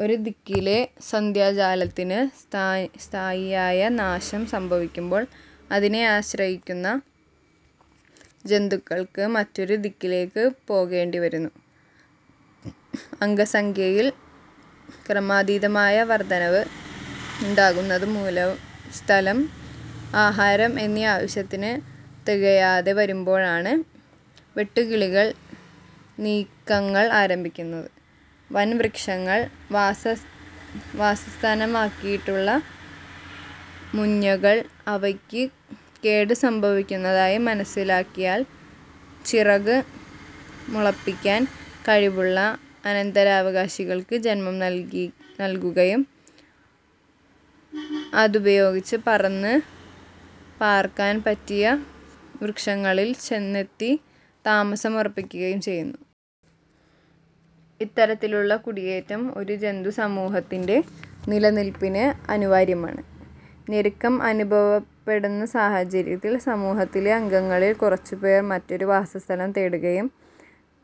ഒരു ദിക്കിലെ സസ്യജാലത്തിന് സ്ഥായിയായ നാശം സംഭവിക്കുമ്പോൾ അതിനെ ആശ്രയിക്കുന്ന ജന്തുക്കൾക്ക് മറ്റൊരു ദിക്കിലേക്ക് പോകേണ്ടിവരുന്നു. അംഗസംഖ്യയിൽ ക്രമാതീതമായ വർധനവ് ഉണ്ടാകുന്നതുമൂലം സ്ഥലം, ആഹാരം എന്നിവ ആവശ്യത്തിനു തികയാതെ വരുമ്പോഴാണ് വെട്ടുകിളികൾ നീക്കങ്ങൾ ആരംഭിക്കുന്നത്. വൻ വൃക്ഷങ്ങൾ വാസസ്ഥാനമാക്കിയിട്ടുള്ള മുഞ്ഞകൾ അവയ്ക്ക് കേട് സംഭവിക്കുന്നതായി മനസ്സിലാക്കിയാൽ ചിറക് മുളപ്പിക്കാൻ കഴിവുള്ള അനന്തരാവകാശികൾക്ക് ജന്മം നല്കുകയും അതുപയോഗിച്ച് പറന്ന് പാർക്കാൻ പറ്റിയ വൃക്ഷങ്ങളിൽ ചെന്നെത്തി താമസം ഉറപ്പാക്കുകയും ചെയ്യുന്നു. ഇത്തരത്തിലുള്ള കുടിയേറ്റം ഒരു ജന്തുസമൂഹത്തിന്റെ നിലനില്പിന് അനിവാര്യമാണ്. ഞെരുക്കം അനുഭവപ്പെടുന്ന സാഹചര്യത്തിൽ സമൂഹത്തിലെ അംഗങ്ങളിൽ കുറച്ചുപേർ മറ്റൊരു വാസസ്ഥലം തേടുകയും,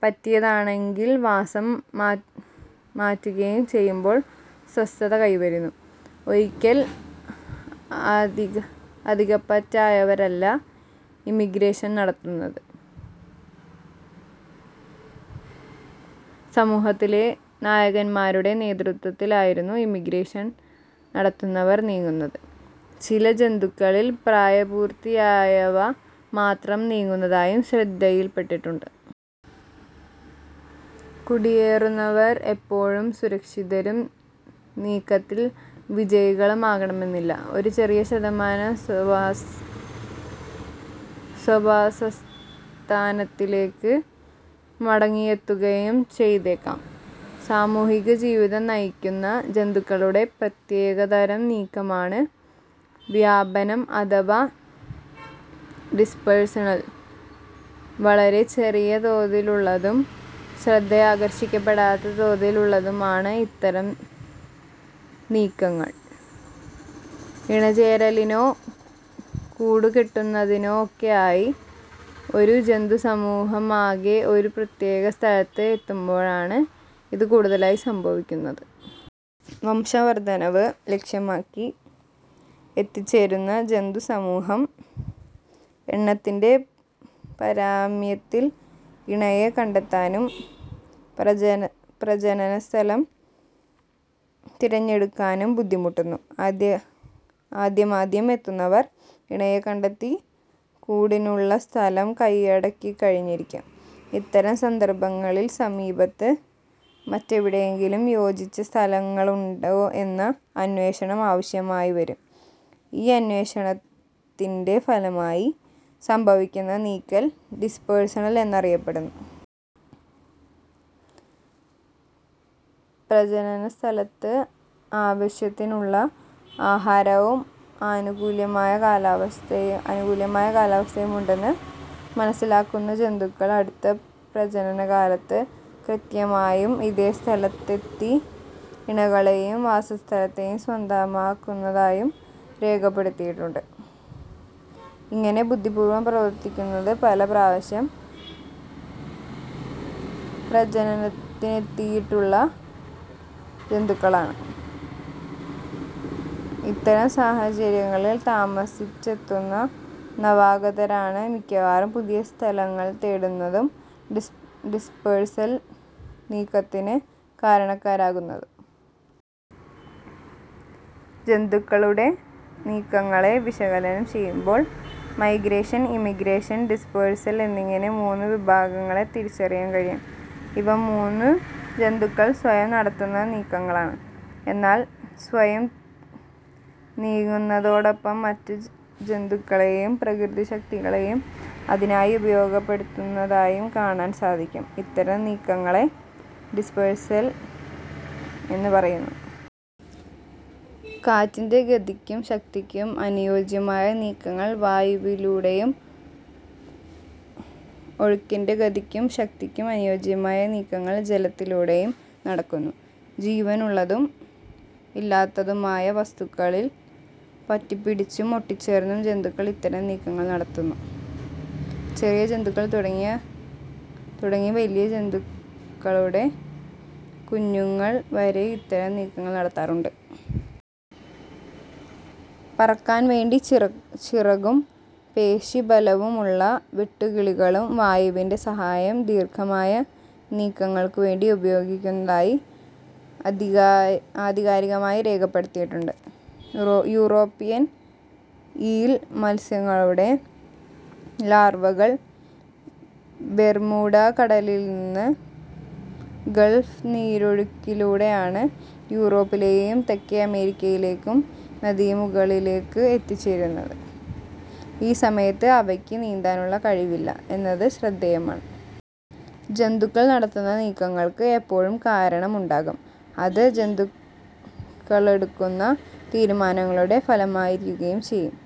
പറ്റിയതാണെങ്കിൽ വാസം മാറ്റുകയും ചെയ്യുമ്പോൾ സ്വസ്ഥത കൈവരുന്നു. ഒരിക്കലും അധികപ്പറ്റായവരല്ല ഇമിഗ്രേഷൻ നടത്തുന്നത്. സമൂഹത്തിലെ നായകന്മാരുടെ നേതൃത്വത്തിലായിരിക്കും ഇമിഗ്രേഷൻ നടത്തുന്നവർ നീങ്ങുന്നത്. ചില ജന്തുക്കളിൽ പ്രായപൂർത്തിയായവ മാത്രം നീങ്ങുന്നതായും ശ്രദ്ധയിൽപ്പെട്ടിട്ടുണ്ട്. കുടിയേറുന്നവർ എപ്പോഴും സുരക്ഷിതരും നീക്കത്തിൽ വിജയികളും ആകണമെന്നില്ല. ഒരു ചെറിയ ശതമാനം സ്വവാസസ്ഥാനത്തേക്ക് മടങ്ങിയെത്തുകയും ചെയ്തേക്കാം. സാമൂഹികജീവിതം നയിക്കുന്ന ജന്തുക്കളുടെ പ്രത്യേകതരം നീക്കമാണ് വ്യാപനം അഥവാ ഡിസ്പേഴ്സൽ. വളരെ ചെറിയ തോതിലുള്ളതും ശ്രദ്ധയാകർഷിക്കപ്പെടാത്ത തോതിൽ ഉള്ളതുമാണ് ഇത്തരം നീക്കങ്ങൾ. ഇണചേരലിനോ കൂടുകെട്ടുന്നതിനോ ഒക്കെ ആയി ഒരു ജന്തുസമൂഹമാകെ ഒരു പ്രത്യേക സ്ഥലത്ത് എത്തുമ്പോഴാണ് ഇത് കൂടുതലായി സംഭവിക്കുന്നത്. വംശവർധനവ് ലക്ഷ്യമാക്കി എത്തിച്ചേരുന്ന ജന്തുസമൂഹം എണ്ണത്തിന്റെ പാരമ്യത്തിൽ ഇണയെ കണ്ടെത്താനും പ്രജനനസ്ഥലം തിരഞ്ഞെടുക്കാനും ബുദ്ധിമുട്ടുന്നു. ആദ്യമാദ്യം എത്തുന്നവർ ഇണയെ കണ്ടെത്തി കൂടിനുള്ള സ്ഥലം കയ്യടക്കിക്കഴിഞ്ഞിരിക്കും. ഇത്തരം സന്ദർഭങ്ങളിൽ സമീപത്ത് മറ്റെവിടെയെങ്കിലും യോജിച്ച സ്ഥലങ്ങളുണ്ടോ എന്ന അന്വേഷണം ആവശ്യമായിവരുന്നു. ഈ അന്വേഷണത്തിന്റെ ഫലമായി സംഭവിക്കുന്ന നീക്കങ്ങൾ ഡിസ്പേഴ്സൽ എന്നറിയപ്പെടുന്നു. പ്രജനനസ്ഥലത്ത് ആവശ്യത്തിനുള്ള ആഹാരവും അനുകൂലമായ കാലാവസ്ഥയും ഉണ്ടെന്നു മനസ്സിലാക്കുന്ന ജന്തുക്കൾ അടുത്ത പ്രജനനകാലത്ത് കൃത്യമായും ഇതേ സ്ഥലത്തെത്തി ഇണകളെയും വാസസ്ഥലത്തെയും സ്വന്തമാക്കുന്നതായും രേഖപ്പെടുത്തിയിട്ടുണ്ട്. ഇങ്ങനെ ബുദ്ധിപൂർവം പ്രവർത്തിക്കുന്നത് പല പ്രാവശ്യം പ്രജനനത്തിനെത്തിയിട്ടുള്ള ജന്തുക്കളാണ്. ഇത്തരം സാഹചര്യങ്ങളിൽ താമസിച്ചെത്തുന്ന നവാഗതരാണ് മിക്കവാറും പുതിയ സ്ഥലങ്ങൾ തേടുന്നതും ഡിസ്പേഴ്സൽ നീക്കത്തിന് കാരണക്കാരാകുന്നതും. ജന്തുക്കളുടെ നീക്കങ്ങളെ വിശകലനം ചെയ്യുമ്പോൾ മൈഗ്രേഷൻ, ഇമിഗ്രേഷൻ, ഡിസ്പേഴ്സൽ എന്നിങ്ങനെ മൂന്ന് വിഭാഗങ്ങളെ തിരിച്ചറിയാൻ കഴിയും. ഇവ മൂന്നും ജന്തുക്കൾ സ്വയം നടത്തുന്ന നീക്കങ്ങളാണ്. എന്നാൽ സ്വയം നീങ്ങുന്നതോടൊപ്പം മറ്റു ജന്തുക്കളെയും പ്രകൃതിശക്തികളെയും അതിനായി ഉപയോഗപ്പെടുത്തുന്നതായും കാണാൻ സാധിക്കും. ഇത്തരം നീക്കങ്ങളെ ഡിസ്പേർസൺ എന്നു പറയുന്നു. കാറ്റിന്റെ ഗതിക്കും ശക്തിക്കും അനുയോജ്യമായ നീക്കങ്ങൾ വായുവിലൂടെയും, ഒഴുക്കിന്റെ ഗതിക്കും ശക്തിക്കും അനുയോജ്യമായ നീക്കങ്ങൾ ജലത്തിലൂടെയും നടക്കുന്നു. ജീവനുള്ളതും ഇല്ലാത്തതും ആയ വസ്തുക്കളിൽ പറ്റിപ്പിടിച്ചും ഒട്ടിച്ചേർന്നും ജന്തുക്കൾ ഇത്തരം നീക്കങ്ങൾ നടത്തുന്നു. ചെറിയ ജന്തുക്കൾ തുടങ്ങി വലിയ ജന്തുക്കളുടെ കുഞ്ഞുങ്ങൾ വരെ ഇത്തരം നീക്കങ്ങൾ നടത്താറുണ്ട്. പറക്കാൻവേണ്ട ചിറകും പേശീ ബലവും ഉള്ള വെട്ടുകിളികളും വായുവിന്റെ സഹായം ദീർഘമായ നീക്കങ്ങൾക്കുവേണ്ടി ഉപയോഗിക്കുന്നതായി ആധികാരികമായി രേഖപ്പെടുത്തിയിട്ടുണ്ട്. യൂറോപ്യൻ ഈൽ മത്സ്യങ്ങളുടെ ലാർവകൾ ബെർമുഡ കടലിൽനിന്ന് ഗൾഫ് നീരൊഴിക്കിലൂടെയാണ് യൂറോപ്പിലെയും തെക്കേ അമേരിക്കയിലെയും നദീമുഖങ്ങളിലേക്ക് എത്തിച്ചേരുന്നത്. ഈ സമയത്ത് അവയ്ക്ക് നീന്താനുള്ള കഴിവില്ല എന്നത് ശ്രദ്ധേയമാണ്. ജന്തുക്കൾ നടത്തുന്ന നീക്കങ്ങൾക്ക് എപ്പോഴും കാരണം ഉണ്ടാകും; അത് ജന്തുക്കളെടുക്കുന്ന തീരുമാനങ്ങളുടെ ഫലമായിരിക്കുകയും ചെയ്യും.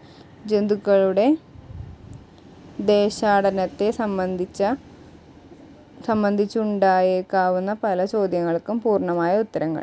ജന്തുക്കളുടെ ദേശാടനത്തെ സംബന്ധിച്ച് ഉണ്ടായേക്കാവുന്ന പല ചോദ്യങ്ങൾക്കും പൂർണമായ ഉത്തരങ്ങൾ